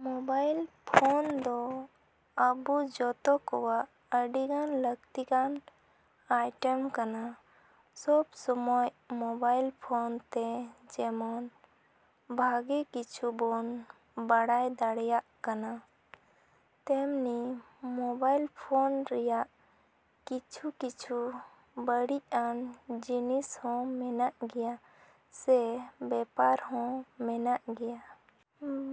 Mobile phone ᱫᱚ ᱟᱵᱚ ᱡᱚᱛᱚ ᱠᱚᱣᱟᱜ ᱟᱹᱰᱤᱜᱟᱱ ᱞᱟᱹᱠᱛᱤ ᱜᱟᱱ ᱟᱭᱴᱮᱢ ᱠᱟᱱᱟ᱾ ᱥᱚᱵᱽ ᱥᱚᱢᱚᱭ ᱢᱳᱵᱟᱭᱤᱞ ᱯᱷᱳᱱ ᱛᱮ ᱡᱮᱢᱚᱱ ᱵᱷᱟᱹᱜᱮ ᱠᱤᱪᱷᱩ ᱵᱚᱱ ᱵᱟᱲᱟᱭ ᱫᱟᱲᱮᱭᱟᱜ ᱠᱟᱱᱟ, ᱛᱮᱢᱱᱤ ᱢᱳᱵᱟᱭᱤᱞ ᱯᱷᱳᱱ ᱨᱮᱭᱟᱜ ᱠᱤᱪᱷᱩᱼᱠᱤᱪᱷᱩ ᱵᱟᱹᱲᱤᱡ ᱟᱱ ᱡᱤᱱᱤᱥ ᱦᱚᱸ ᱢᱮᱱᱟᱜ ᱜᱮᱭᱟ ᱥᱮ ᱵᱮᱯᱟᱨ ᱦᱚᱸ ᱢᱮᱱᱟᱜ ᱜᱮᱭᱟ᱾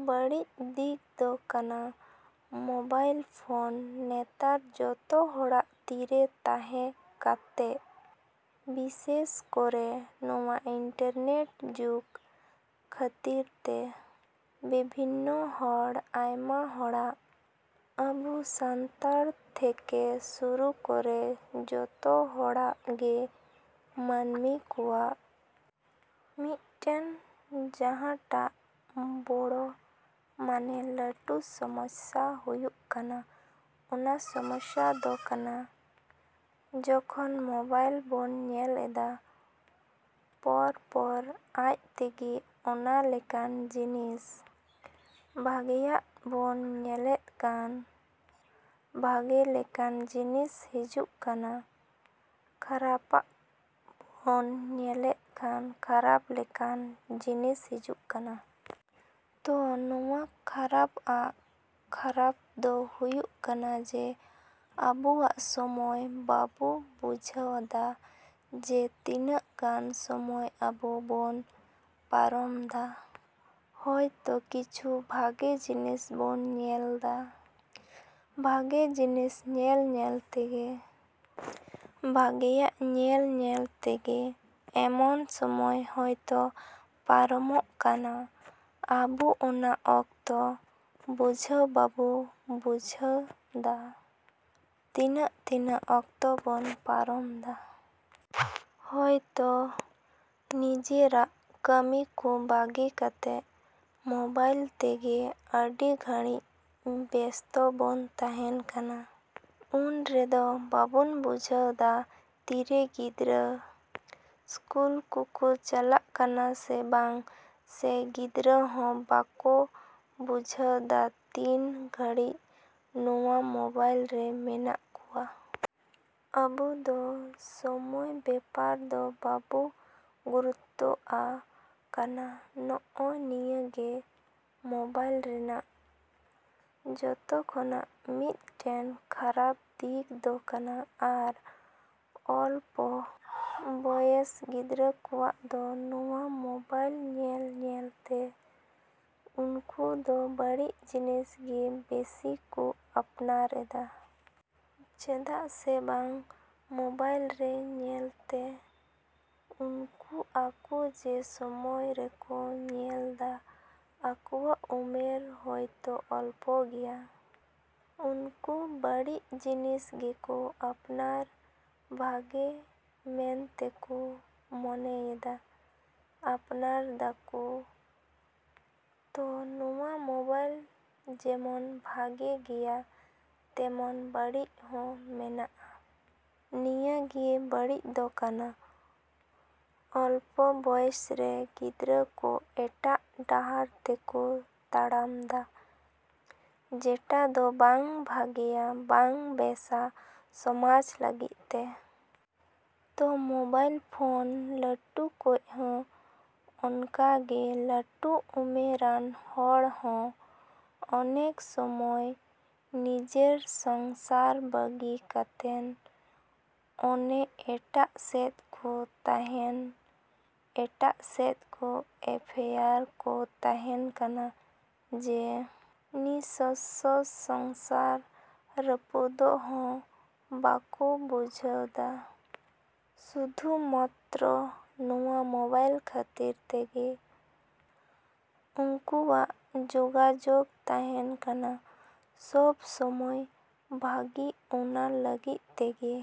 ᱵᱟᱹᱲᱤᱡ ᱫᱤᱠ ᱫᱚ ᱠᱟᱱᱟ ᱢᱳᱵᱟᱭᱤᱞ ᱯᱷᱳᱱ ᱱᱮᱛᱟᱨ ᱡᱚᱛᱚ ᱦᱚᱲᱟᱜ ᱛᱤᱨᱮ ᱛᱟᱸᱦᱮ ᱠᱟᱛᱮᱫ, ᱵᱤᱥᱮᱹᱥ ᱠᱚᱨᱮᱹ ᱱᱚᱣᱟ ᱤᱱᱴᱟᱨᱱᱮᱹᱴ ᱡᱩᱜᱽ ᱠᱷᱟᱹᱛᱤᱨ ᱛᱮ, ᱵᱤᱵᱷᱤᱱᱱᱚ ᱦᱚᱲ, ᱟᱭᱢᱟ ᱦᱚᱲᱟᱜ, ᱟᱵᱚ ᱥᱟᱱᱛᱟᱲ ᱛᱷᱮᱹᱠᱮᱹ ᱥᱩᱨᱩ ᱠᱚᱨᱮᱹ ᱡᱚᱛᱚ ᱦᱚᱲᱟᱜ ᱜᱮ ᱢᱟᱹᱱᱢᱤ ᱠᱚᱣᱟᱜ ᱢᱤᱫᱴᱮᱱ ᱡᱟᱸᱦᱟᱴᱟᱜ ᱵᱚᱲᱚ ᱢᱟᱱᱮ ᱞᱟᱹᱴᱩ ᱥᱚᱢᱚᱥᱥᱟ ᱦᱩᱭᱩᱜ ᱠᱟᱱᱟ, ᱚᱱᱟ ᱥᱚᱢᱚᱥᱥᱟ ᱫᱚ ᱠᱟᱱᱟ ᱡᱚᱠᱷᱚᱱ ᱢᱳᱵᱟᱭᱤᱞ ᱵᱚᱱ ᱧᱮᱞ ᱮᱫᱟ, ᱯᱚᱨ ᱯᱚᱨ ᱟᱡ ᱛᱮᱜᱮ ᱚᱱᱟ ᱞᱮᱠᱟᱱ ᱡᱤᱱᱤᱥ ᱵᱷᱟᱜᱮᱭᱟᱜ ᱵᱚᱱ ᱧᱮᱞᱮᱫ ᱠᱷᱟᱱ ᱵᱷᱟᱹᱜᱮ ᱞᱮᱠᱟᱱ ᱡᱤᱱᱤᱥ ᱦᱤᱡᱩᱜ ᱠᱟᱱᱟ, ᱠᱷᱟᱨᱟᱯ ᱟᱜ ᱵᱚᱱ ᱧᱮᱞᱮᱫ ᱠᱷᱟᱱ ᱠᱷᱟᱨᱟᱯ ᱞᱮᱠᱟᱱ ᱡᱤᱱᱤᱥ ᱦᱤᱡᱩᱜ ᱠᱟᱱᱟ᱾ ᱛᱚ ᱱᱚᱣᱟ ᱠᱷᱟᱨᱟᱯ ᱟᱜ ᱠᱷᱟᱨᱟᱯ ᱫᱚ ᱦᱩᱭᱩᱜ ᱠᱟᱱᱟ ᱡᱮ ᱟᱵᱚᱣᱟᱜ ᱥᱚᱢᱚᱭ ᱵᱟᱵᱚ ᱵᱩᱡᱷᱟᱹᱣ ᱫᱟ, ᱡᱮ ᱛᱤᱱᱟᱹᱜ ᱜᱟᱱ ᱥᱚᱢᱚᱭ ᱟᱵᱚ ᱵᱚᱱ ᱯᱟᱨᱚᱢ ᱫᱟ᱾ ᱦᱚᱭᱛᱚ ᱠᱤᱪᱷᱩ ᱵᱷᱟᱹᱜᱮ ᱡᱤᱱᱤᱥ ᱵᱚᱱ ᱧᱮᱞᱫᱟ, ᱵᱷᱟᱹᱜᱮ ᱡᱤᱱᱤᱥ ᱧᱮᱞ ᱧᱮᱞᱛᱮᱜᱮ, ᱵᱷᱟᱜᱮᱭᱟᱜ ᱧᱮᱞᱼᱧᱮᱞ ᱛᱮᱜᱮ ᱮᱢᱚᱱ ᱥᱚᱢᱚᱭ ᱦᱚᱭᱛᱚ ᱯᱟᱨᱚᱢᱚᱜ ᱠᱟᱱᱟ, ᱟᱵᱚ ᱚᱱᱟ ᱚᱠᱛᱚ ᱵᱩᱡᱷᱟᱹᱣ ᱵᱟᱵᱚ ᱵᱩᱡᱷᱟᱹᱣ ᱫᱟ ᱛᱤᱱᱟᱹᱜ ᱛᱤᱱᱟᱹᱜ ᱚᱠᱛᱚ ᱵᱚᱱ ᱯᱟᱨᱚᱢ ᱫᱟ᱾ ᱦᱚᱭ ᱛᱳ ᱱᱤᱡᱮᱨᱟᱜ ᱠᱟᱹᱢᱤ ᱠᱚ ᱵᱟᱹᱜᱮ ᱠᱟᱛᱮᱫ ᱢᱳᱵᱟᱭᱤᱞ ᱛᱮᱜᱮ ᱟᱹᱰᱤ ᱜᱷᱟᱹᱲᱤᱡ ᱵᱮᱥᱛᱚ ᱵᱚᱱ ᱛᱟᱸᱦᱮᱱ ᱠᱟᱱᱟ᱾ ᱩᱱ ᱨᱮᱫᱚ ᱵᱟᱵᱚ ᱵᱩᱡᱷᱟᱹᱣ ᱫᱟ ᱛᱤᱨᱮ ᱜᱤᱫᱽᱨᱟᱹ ᱥᱠᱩᱞ ᱠᱚᱠᱚ ᱪᱟᱞᱟᱜ ᱠᱟᱱᱟ ᱥᱮ ᱵᱟᱝ, ᱥᱮ ᱜᱤᱫᱽᱨᱟᱹ ᱦᱚᱸ ᱵᱟᱠᱚ ᱵᱩᱡᱷᱟᱹᱣ ᱫᱟ ᱛᱤᱱ ᱜᱷᱟᱹᱲᱤᱡ ᱱᱚᱣᱟ ᱢᱳᱵᱟᱭᱤᱞ ᱨᱮ ᱢᱮᱱᱟᱜ ᱠᱚᱣᱟ᱾ ᱟᱵᱚ ᱫᱚ ᱥᱚᱢᱚᱭ ᱵᱮᱯᱟᱨ ᱫᱚ ᱵᱟᱵᱚ ᱜᱩᱨᱩᱛᱛᱚ ᱟᱜ ᱠᱟᱱᱟ, ᱱᱚᱜᱼᱚ ᱱᱤᱭᱟᱹ ᱜᱮ ᱢᱳᱵᱟᱭᱤᱞ ᱨᱮᱱᱟᱜ ᱡᱚᱛᱚᱠᱷᱚᱱᱟᱜ ᱢᱤᱫᱴᱮᱱ ᱠᱷᱟᱨᱟᱯ ᱫᱤᱠ ᱫᱚ ᱠᱟᱱᱟ᱾ ᱟᱨ ᱚᱞᱯᱚ ᱵᱚᱭᱮᱥ ᱜᱤᱫᱽᱨᱟᱹ ᱠᱚᱣᱟᱜ ᱫᱚ ᱱᱚᱣᱟ ᱢᱳᱵᱟᱭᱤᱞ ᱧᱮᱞ ᱧᱮᱞᱛᱮ ᱩᱱᱠᱩ ᱫᱚ ᱵᱟᱹᱲᱤᱡ ᱡᱤᱱᱤᱥ ᱜᱮ ᱵᱮᱥᱤ ᱠᱚ ᱟᱯᱱᱟᱨ ᱮᱫᱟ᱾ ᱪᱮᱫᱟᱜ ᱥᱮ ᱵᱟᱝ ᱢᱳᱵᱟᱭᱤᱞ ᱨᱮ ᱧᱮᱞᱛᱮ ᱩᱱᱠᱩ ᱟᱠᱚ ᱡᱮ ᱥᱚᱢᱚᱭ ᱨᱮᱠᱚ ᱧᱮᱞᱫᱟ ᱟᱠᱚᱣᱟᱜ ᱩᱢᱮᱨ ᱦᱚᱭᱛᱚ ᱚᱞᱯᱚ ᱜᱮᱭᱟ᱾ ᱩᱱᱠᱩ ᱵᱟᱹᱲᱤᱡ ᱡᱤᱱᱤᱥ ᱜᱮᱠᱚ ᱟᱯᱱᱟᱨ ᱵᱷᱟᱹᱜᱮ ᱢᱮᱱᱛᱮᱠᱚ ᱢᱚᱱᱮᱭᱮᱫᱟ, ᱟᱯᱱᱟᱨ ᱫᱟᱠᱚ᱾ ᱛᱳ ᱱᱚᱣᱟ ᱢᱳᱵᱟᱭᱤᱞ ᱡᱮᱢᱚᱱ ᱵᱷᱟᱹᱜᱮ ᱜᱮᱭᱟ ᱛᱮᱢᱚᱱ ᱵᱟᱹᱲᱤᱡ ᱦᱚᱸ ᱢᱮᱱᱟᱜᱼᱟ, ᱱᱤᱭᱟᱹ ᱜᱮ ᱵᱟᱹᱲᱤᱡ ᱫᱚ ᱠᱟᱱᱟ ᱚᱞᱯᱚ ᱵᱚᱭᱮᱥᱨᱮ ᱜᱤᱫᱽᱨᱟᱹ ᱠᱚ ᱮᱴᱟᱜ ᱰᱟᱦᱟᱨ ᱛᱮᱠᱚ ᱛᱟᱲᱟᱢ ᱫᱟ, ᱡᱮᱴᱟ ᱫᱚ ᱵᱟᱝ ᱵᱷᱟᱹᱜᱮᱭᱟ, ᱵᱟᱝ ᱵᱮᱥᱼᱟ ᱥᱚᱢᱟᱡᱽ ᱞᱟᱹᱜᱤᱫ ᱛᱮ᱾ ᱛᱳ ᱢᱳᱵᱟᱭᱤᱞ ᱯᱷᱳᱱ ᱞᱟᱹᱴᱩ ᱠᱚᱡ ᱦᱚᱸ ᱚᱱᱠᱟᱜᱮ ᱞᱟᱹᱴᱩ ᱩᱢᱮᱨᱟᱱ ᱦᱚᱲ ᱦᱚᱸ ᱚᱱᱮᱠ ᱥᱚᱢᱚᱭ ᱱᱤᱡᱮᱨ ᱥᱚᱝᱥᱟᱨ ᱵᱟᱹᱜᱤ ᱠᱟᱛᱮᱱ ᱚᱱᱮ ᱮᱴᱟᱜ ᱥᱮᱫ ᱠᱚ ᱛᱟᱸᱦᱮᱱ, ᱮᱴᱟᱜ ᱥᱮᱫ ᱠᱚ ᱮᱯᱷᱮᱭᱟᱨ ᱠᱚ ᱛᱟᱸᱦᱮᱱ ᱠᱟᱱᱟ, ᱡᱮ ᱱᱤᱥᱚᱥᱥᱚ ᱥᱚᱝᱥᱟᱨ ᱨᱟᱹᱯᱩᱫᱚᱜ ᱦᱚᱸ ᱵᱟᱠᱚ ᱵᱩᱡᱷᱟᱹᱣ ᱫᱟ, ᱥᱩᱫᱷᱩ ᱢᱟᱛᱨᱚ ᱱᱚᱣᱟ ᱢᱳᱵᱟᱭᱤᱞ ᱠᱷᱟᱹᱛᱤᱨ ᱛᱮᱜᱮ ᱩᱱᱠᱩᱣᱟᱜ ᱡᱳᱜᱟᱡᱳᱜᱽ ᱛᱟᱸᱦᱮᱱ ᱠᱟᱱᱟ ᱥᱚᱵᱽ ᱥᱚᱢᱚᱭ ᱵᱷᱟᱹᱜᱤ ᱚᱱᱟ ᱞᱟᱹᱜᱤᱫ ᱛᱮᱜᱮ᱾